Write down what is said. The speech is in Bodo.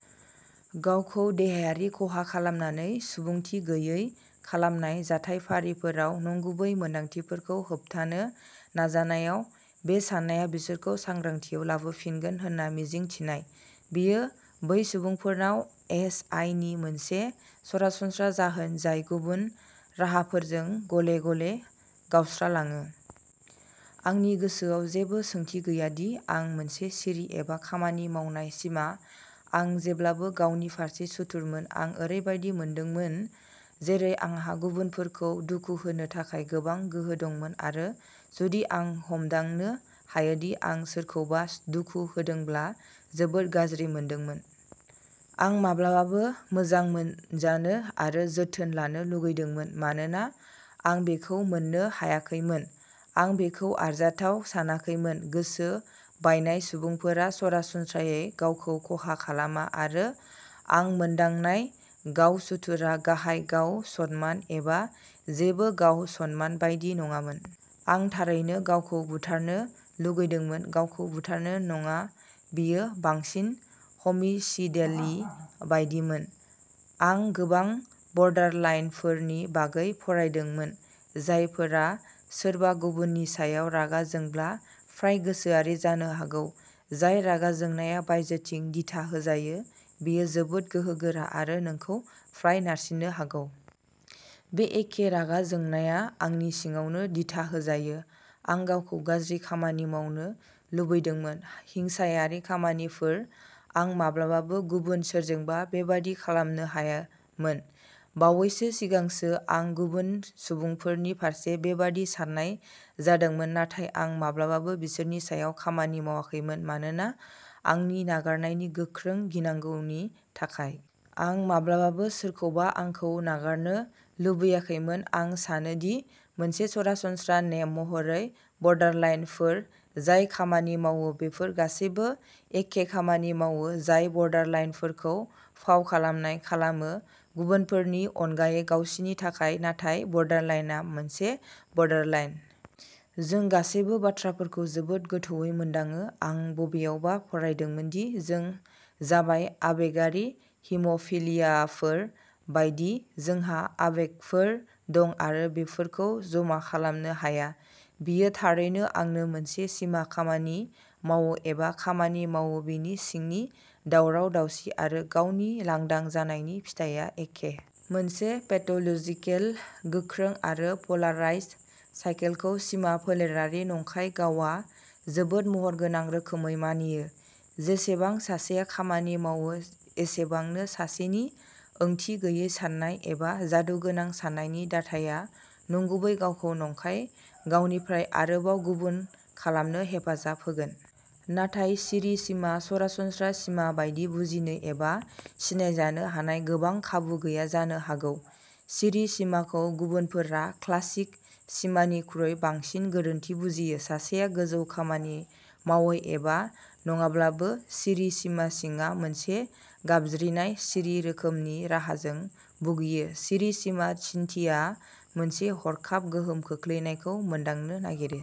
गावखौ देहायारि खहा खालामनानै सुबुंथि गैयै खालामनाय जाथायफारिफोराव नंगुबै मोन्दांथिफोरखौ होबथानो नाजानायाव बे सान्नाया बिसोरखौ सांग्रांथियाव लाबोफिनगोन होनना मिजिं थिनाय। बेयो बै सुबुंफोरनाव एस. आइ. नि मोनसे सरासनस्रा जाहोन जाय गुबुन राहाफोरजों गले-गले गावस्रालाङो। आंनि गोसोआव जेबो सोंथि गैया दि आं मोनसे सिरि एबा खामानि मावनाय सिमा। आं जेब्लाबो गावनि फारसे सुथुरमोन। आं ओरैबायदि मोनदोंमोन जेरै आंहा गुबुनफोरखौ दुखु होनो थाखाय गोबां गोहो दंमोन आरो जुदि आं हमदांनो हायोदि आं सोरखौबा दुखु होदोंब्ला जोबोद गाज्रि मोनदोंमोन। आं माब्लाबाबो मोजां मोनजानो आरो जोथोन लानो लुगैदोंमोन। मानोना आं बेखौ मोननो हायाखैमोन, आं बेखौ आरजाथाव सानाखैमोन। गोसो बायनाय सुबुंफोरा सरासनस्रायै गावखौ खहा खालामा, आरो आं मोनदांनाय गाव-सुथुरआ गाहाय गाव-सनमान एबा जेबो गाव-सन्मान बायदि नङामोन। आं थारैनो गावखौ "बुथारनो" लुगैदोंमोन, गावखौ बुथारनो नङा बेयो। बांसिन ह'मिसिदेलि बायदिमोन। आं गोबां बर्डारलाइनफोरनि बागै फरायदोंमोन, जायफोरा सोरबा गुबुननि सायाव रागा जोंब्ला फ्राय गोसोआरि जानो हागौ। जाय रागा जोंनाया बायजोथिं दिथा होजायो, बेयो जोबोद गोहोगोरा आरो नोंखौ फ्राय नारसिन्नो हागौ। बे एखे रागा जोंनाया आंनि सिङावबो दिथा होजायो। आं गावखौ गाज्रि खामानि मावनो लुबैदोंमोन, हिंसायारि खामानिफोर। आं माब्लाबाबो गुबुन सोरजोंबा बेबादि खालामनो हायामोन। बावैसो सिगांसो आं गुबुन सुबुंफोरनि फारसे बेबादि साननाय जादोंमोन। नाथाय आं माब्लाबाबो बिसोरनि सायाव खामानि मावाखैमोन मानोना आंनि नागारनायनि गोख्रों गिनांगौनि थाखाय। आं माब्लाबाबो सोरखौबा आंखौ नागारनो लुबैयाखैमोन। आं सानो दि मोनसे सरासनस्रा नेम महरै बर्डारलाइनफोर जाय खामानि मावो, बेफोर गासैबो एखे खामानि मावो, जाय बर्डारलाइनफोरखौ "फाव खालामनाय" खालामो, गुबुनफोरनि अनगायै गावसिनि थाखाय। नाथाय बर्डारलाइनआ मोनसे बर्डारलाइन। जों गासैबो बाथ्राफोरखौ जोबोद गोथौवै मोनदाङो। आं बबेयावबा फरायदोंमोन दि जों जाबाय आबेगारि हिम'फिलियाफोर बायदि जोंहा आबेगफोर दं आरो बेफोरखौ जमा खालामनो हाया। बेयो थारैनो आंनो मोनसे सिमा खामानि मावो एबा खामानि मावो बिनि सिंनि दावराव-दावसि आरो गावनि लांदां जानायनि फिथाया एखे। मोनसे पेथ'ल'जिकेल, गोख्रों, आरो पोलाराइज्ड साइकेलखौ सिमा फोलेरारि नंखाय गावआ जोबोद महरगोनां रोखोमै मानियो। जेसेबां सासेया खामानि मावो एसेबांनो सासेनि ओंथि गैयै साननाय एबा जादुगोनां साननायनि दाथाया नंगुबै गावखौ नंखाय गावनिफ्राय आरोबाव गुबुन खालामनो हेफाजाब होगोन। नाथाय सिरि सिमा सरासनस्रा सिमा बायदि बुजिनो एबा सिनायजानो हानाय गोबां खाबु गैया जानो हागौ। सिरि सिमाखौ गुबुनफोरा क्लासिक सिमानिख्रुइ बांसिन गोरोन्थि बुजियो। सासेया गोजौ खामानि मावै एबा नङाब्लाबो सिरि सिमा सिङा मोनसे गाबज्रिनाय सिरि रोखोमनि राहाजों भुगियो। सिरि सिमा सिन्थिया मोनसे हरखाब गोहोम खोख्लैनायखौ मोनदांनो नागिरो।